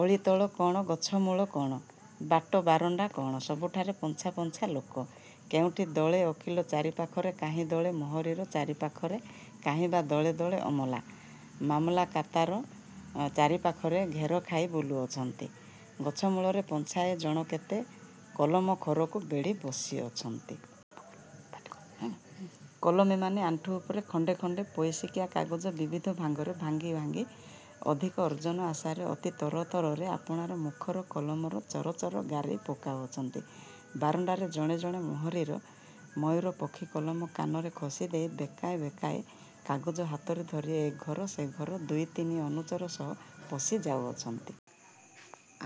ଓଳିତଳ କଣ, ଗଛମୂଳ କଣ, ବାଟ ବରଣ୍ଡା କଣ, ସବୁଠାରେ ପଞ୍ଝା ପଞ୍ଝା ଲୋକ। କେଉଁଠି ଦଳେ ଓକିଲ ଚାରିପାଖରେ କାହିଁ ଦଳେ ମୋହରିର ଚାରିପାଖରେ କାହିଁ ବା ଦଳେ ଦଳେ ଅମଲା, ମାମଲତକାର ଚାରିପାଖରେ ଘେରଖାଇ ବୁଲୁଅଛନ୍ତି। ଗଛମୂଳରେ ପଞ୍ଝାଏ ଜଣକେତେ କଲମଖୋରଙ୍କୁ ବେଢ଼ି ବସିପଡ଼ିଅଛନ୍ତି। କଲମୀମାନେ ଆଣ୍ଠୁ ଉପରେ ଖଣ୍ଡେ ଖଣ୍ଡେ ପଇସିକିଆ କାଗଜ ବିବିଧ ଭାଙ୍ଗରେ ଭାଙ୍ଗି ଅଧିକ ଅର୍ଜନ ଆଶାରେ ଅତି ତରତରରେ ଆପଣାର ମୁଖର କଲମରେ ଚର ଚର ଗାରେଇ ପକାଉଅଛନ୍ତି। ବାରଣ୍ଡାରେ ଜଣେ ଜଣେ ମୋହରିର ମୟୂରପକ୍ଷିକଲମ କାନରେ ଖୋଷିଦେଇ ବେକାଏ ବେକାଏ କାଗଜ ହାତରେ ଧରି ଏ ଘର ସେ ଘର ଦୁଇ ତିନି ଅନୁଚର ସହ ପଶି ଯାଉଅଛନ୍ତି।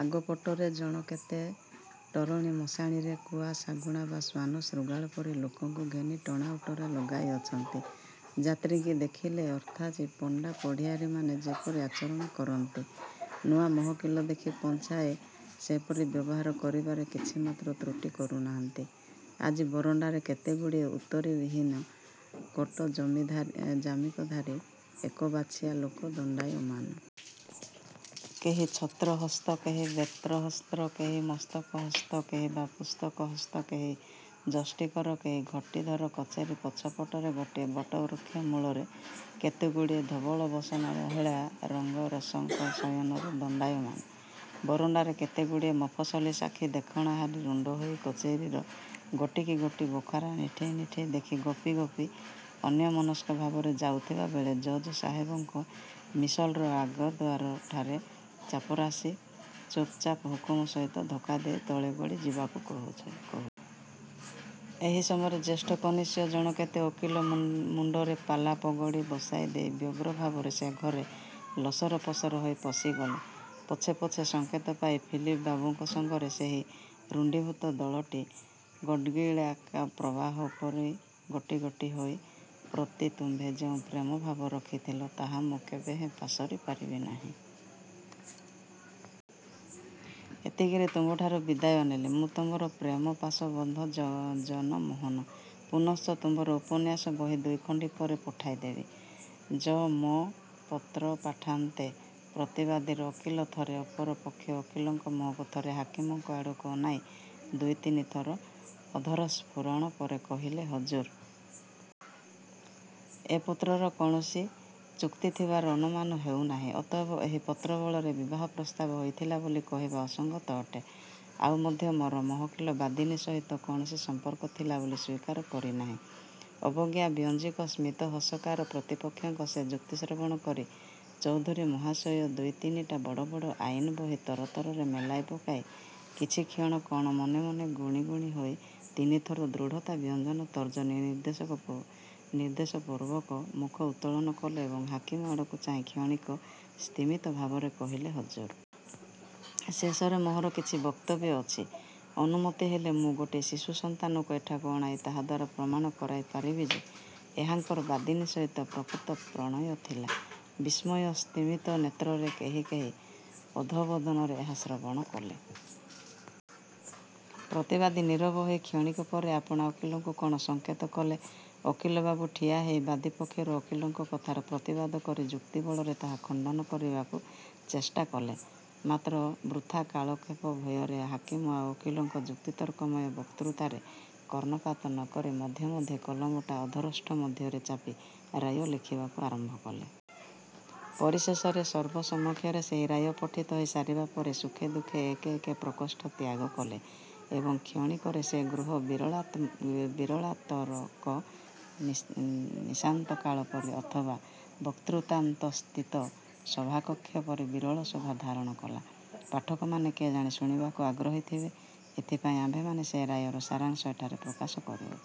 ଆଗପଟରେ ଜଣକେତେ ଟରଣୀ ମଶାଣିରେ କୁଆ ଶାଗୁଣା ବା ଶ୍ୱାନ ଶୃଗାଳ ପରି ଲୋକଙ୍କୁ ଘେନି ଟଣାଓଟରା ଲଗାଇଅଛନ୍ତି। ଯାତ୍ରିଙ୍କି ଦେଖିଲେ ଅର୍ଥାଶୀ ପଣ୍ଡାପଢ଼ିଆରୀମାନେ ଯେପରି ଆଚରଣ କରନ୍ତି, ନୂଆ ମହକିଲ ଦେଖି ପଞ୍ଝାଏ ସେପରି ବ୍ୟବହାର କରିବାରେ କିଛିମାତ୍ର ତ୍ରୁଟି କରୁ ନାହାନ୍ତି। ଆଜି ବରଣ୍ଡାରେ କେତେଗୁଡ଼ିଏ ଉତ୍ତରୀୟବିହୀନ କୋଟ କାମିଜଧାରୀ ଏକବାଛିଆ ଲୋକ ଦଣ୍ଡାୟମାନ। କେହି ଛତ୍ରହସ୍ତ, କେହି ବେତ୍ରହସ୍ତ, କେହି ମସ୍ତକହସ୍ତ, କେହି ବା ପୁସ୍ତକହସ୍ତ, କେହି ଯଷ୍ଟିକର, କେହି ଘଟୀ-ଧର। କଚେରି ପଛପଟରେ ଗୋଟିଏ ବଟବୃକ୍ଷ ମୂଳରେ କେତେଗୁଡ଼ିଏ ଧବଳବସନା ମହିଳା ରଙ୍କ-ସଶଙ୍କ ନୟନରେ ଦଣ୍ଡାୟମାନା। ବରଣ୍ଡାରେ କେତେଗୁଡ଼ିଏ ମଫସଲୀ ସାକ୍ଷୀ ଦେଖଣାହାରୀ ରୁଣ୍ଡ ହୋଇ କଚେରିର ଗୋଟିକିଗୋଟି ବଖରା ନିଠେଇ ନିଠେଇ ଦେଖି ଗପି ଗପି ଅନ୍ୟମନସ୍କ ଭାବରେ ଯାଉଥିବା ବେଳେ ଜଜ୍ ସାହେବଙ୍କ ମିସଲର ଆଗଦ୍ୱାରଠାରେ ଚାପରାଶି 'ଚୁପ୍ଚୁପ୍' ହୁକୁମ ସହିତ ଧକ୍କା ଦେଇ ତଳେ ଗଡ଼ି ଯିବାକୁ କହୁଅଛି। ଏହି ସମୟରେ ଜ୍ୟେଷ୍ଠ କନିଷ୍ଠ ଜଣକେତେ ଓକିଲ ମୁଣ୍ଡରେ ପାଲା-ପଗଡ଼ି ବସାଇ ଦେଇ ବ୍ୟଗ୍ର ଭାବରେ ସେ ଘରେ ଲସରପସର ହୋଇ ପଶିଗଲେ। ପଛେ ପଛେ ସଙ୍କେତ ପାଇ ଫିଲିପ ବାବୁଙ୍କ ସଙ୍ଗରେ ସେହି ରୁଣ୍ଡୀଭୂତ ଦଳଟି ଗଡ୍ଡଳିକାପ୍ରବାହ ପରି ଗୋଟି ଗୋଟି ହୋଇ। ପ୍ରତି ତୁମ୍ଭେ ଯେଉଁ ପ୍ରେମ ଭାବ ରଖିଥିଲ, ତାହା ମୁଁ କେବେହେଁ ପାସୋରି ପାରିବି ନାହିଁ। ଏତିକିରେ ତୁମ୍ଭଠାରୁ ବିଦାୟ ନେଲି। ମୁଁ ତୁମ୍ଭର ପ୍ରେମପାଶବଦ୍ଧ ଜନମୋହନ। ପୁନଶ୍ଚ- ତୁମ୍ଭର ଉପନ୍ୟାସ ବହି ଦୁଇଖଣ୍ଡି ପରେ ପଠାଇଦେବି। ଜ. ମୋ. ପତ୍ରପାଠାନ୍ତେ ପ୍ରତିବାଦିର ଓକିଲ ଥରେ ଅପର ପକ୍ଷ ଓକିଲଙ୍କ ମୁହଁକୁ, ଥରେ ହାକିମଙ୍କ ଆଡ଼କୁ ଅନାଇ ଦୁଇ ତିନି ଥର ଅଧର ସ୍ଫୁରଣ ପରେ କହିଲେ, ''ହଜୁର! ଏ ପତ୍ରରୁ କୌଣସି ଚୁକ୍ତି ଥିବାର ଅନୁମାନ ହେଉ ନାହିଁ। ଅତଏବ ଏହି ପତ୍ରବଳରେ ବିବାହ ପ୍ରସ୍ତାବ ହୋଇଥିଲା ବୋଲି କହିବା ଅସଙ୍ଗତ ଅଟେ। ଆଉ ମଧ୍ୟ ମୋହର ମହକିଲ ବାଦିନୀ ସହିତ କୌଣସି ସମ୍ପର୍କ ଥିଲା ବୋଲି ସ୍ୱୀକାର କରି ନାହିଁ। '' ଅବଜ୍ଞାବ୍ୟଞ୍ଜକ ସ୍ମିତସହକାରେ ପ୍ରତିପକ୍ଷଙ୍କ ସେ ଯୁକ୍ତି ଶ୍ରବଣ କରି ଚୌଧୁରୀ ମହାଶୟ ଦୁଇ ତିନିଟା ବଡ଼ ବଡ଼ ଆଇନ ବହି ତରତରରେ ମେଲାଇ ପକାଇ କିଛିକ୍ଷଣ କଣ ମନେ ମନେ ଗୁଣି ଦୁଇ ତିନିଥର ଦୃଢ଼ତାବ୍ୟଞ୍ଜକ ତର୍ଜନୀ ନିର୍ଦ୍ଦେଶପୂର୍ବକ ମୁଖ ଉତ୍ତୋଳନ କଲେ ଏବଂ ହାକିମ ଆଡ଼କୁ ଚାହିଁ କ୍ଷଣିକ ସ୍ତିମିତଭାବରେ କହିଲେ,'' ହଜୁର! ଶେଷରେ ମୋହର କିଛି ବକ୍ତବ୍ୟ ଅଛି। ଅନୁମତି ହେଲେ ମୁଁ ଗୋଟିଏ ଶିଶୁ ସନ୍ତାନକୁ ଏଠାକୁ ଅଣାଇ ତାହାଦ୍ୱାରା ପ୍ରମାଣ କରାଇ ପାରିବି ଯେ, ଏହାଙ୍କର ବାଦିନୀ ସହିତ ପ୍ରକୃତ ପ୍ରଣୟ ଥିଲା। '' ବିସ୍ମୟସ୍ତିମିତ ନେତ୍ରରେ କେହି କେହି ଅଧୋବଦନରେ ଏହା ଶ୍ରବଣ କଲେ। ପ୍ରତିବାଦୀ ନୀରବ ହୋଇ କ୍ଷଣକ ପରେ ଆପଣା ଓକିଲଙ୍କୁ କଣ ସଙ୍କେତ କଲେ। ଓକିଲ ବାବୁ ଠିଆ ହୋଇ ବାଦୀ ପକ୍ଷର ଓକିଲଙ୍କ କଥାର ପ୍ରତିବାଦ କରି ଯୁକ୍ତିବଳରେ ତାହା ଖଣ୍ଡନ କରିବାକୁ ଚେଷ୍ଟା କଲେ। ମାତ୍ର ବୃଥା କାଳକ୍ଷେପ ଭୟରେ ହାକିମ ଆଉ ଓକିଲଙ୍କ ଯୁକ୍ତିତର୍କମୟ ବକ୍ତୃତାରେ କର୍ଣ୍ଣପାତ ନ କରି ମଧ୍ୟେ ମଧ୍ୟେ କଲମଟା ଅଧରୋଷ୍ଠ ମଧ୍ୟରେ ଚାପି ରାୟ ଲେଖିବାକୁ ଆରମ୍ଭ କଲେ। ପରିଶେଷରେ ସର୍ବସମକ୍ଷରେ ସେହି ରାୟ ପଠିତ ହୋଇ ସାରିବା ପରେ ସୁଖେ ଦୁଃଖେ ଏକେ ଏକେ ପ୍ରକୋଷ୍ଠ ତ୍ୟାଗ କଲେ ଏବଂ କ୍ଷଣକରେ ସେ ଗୃହ ବିରଳତାରକ ନିଶାନ୍ତକାଳ ପରି ଅଥବା ବକ୍ତୃତାନ୍ତସ୍ଥିତ ସଭାକକ୍ଷ ପରି ବିରଳ ଶୋଭା ଧାରଣ କଲା। ପାଠକମାନେ କେଜାଣି ଶୁଣିବାକୁ ଆଗ୍ରହୀ ଥିବେ, ଏଥିପାଇଁ ଆମ୍ଭେମାନେ ସେ ରାୟର ସାରାଶଂ ଏଠାରେ ପ୍ରକାଶ କରୁଅଛୁଁ।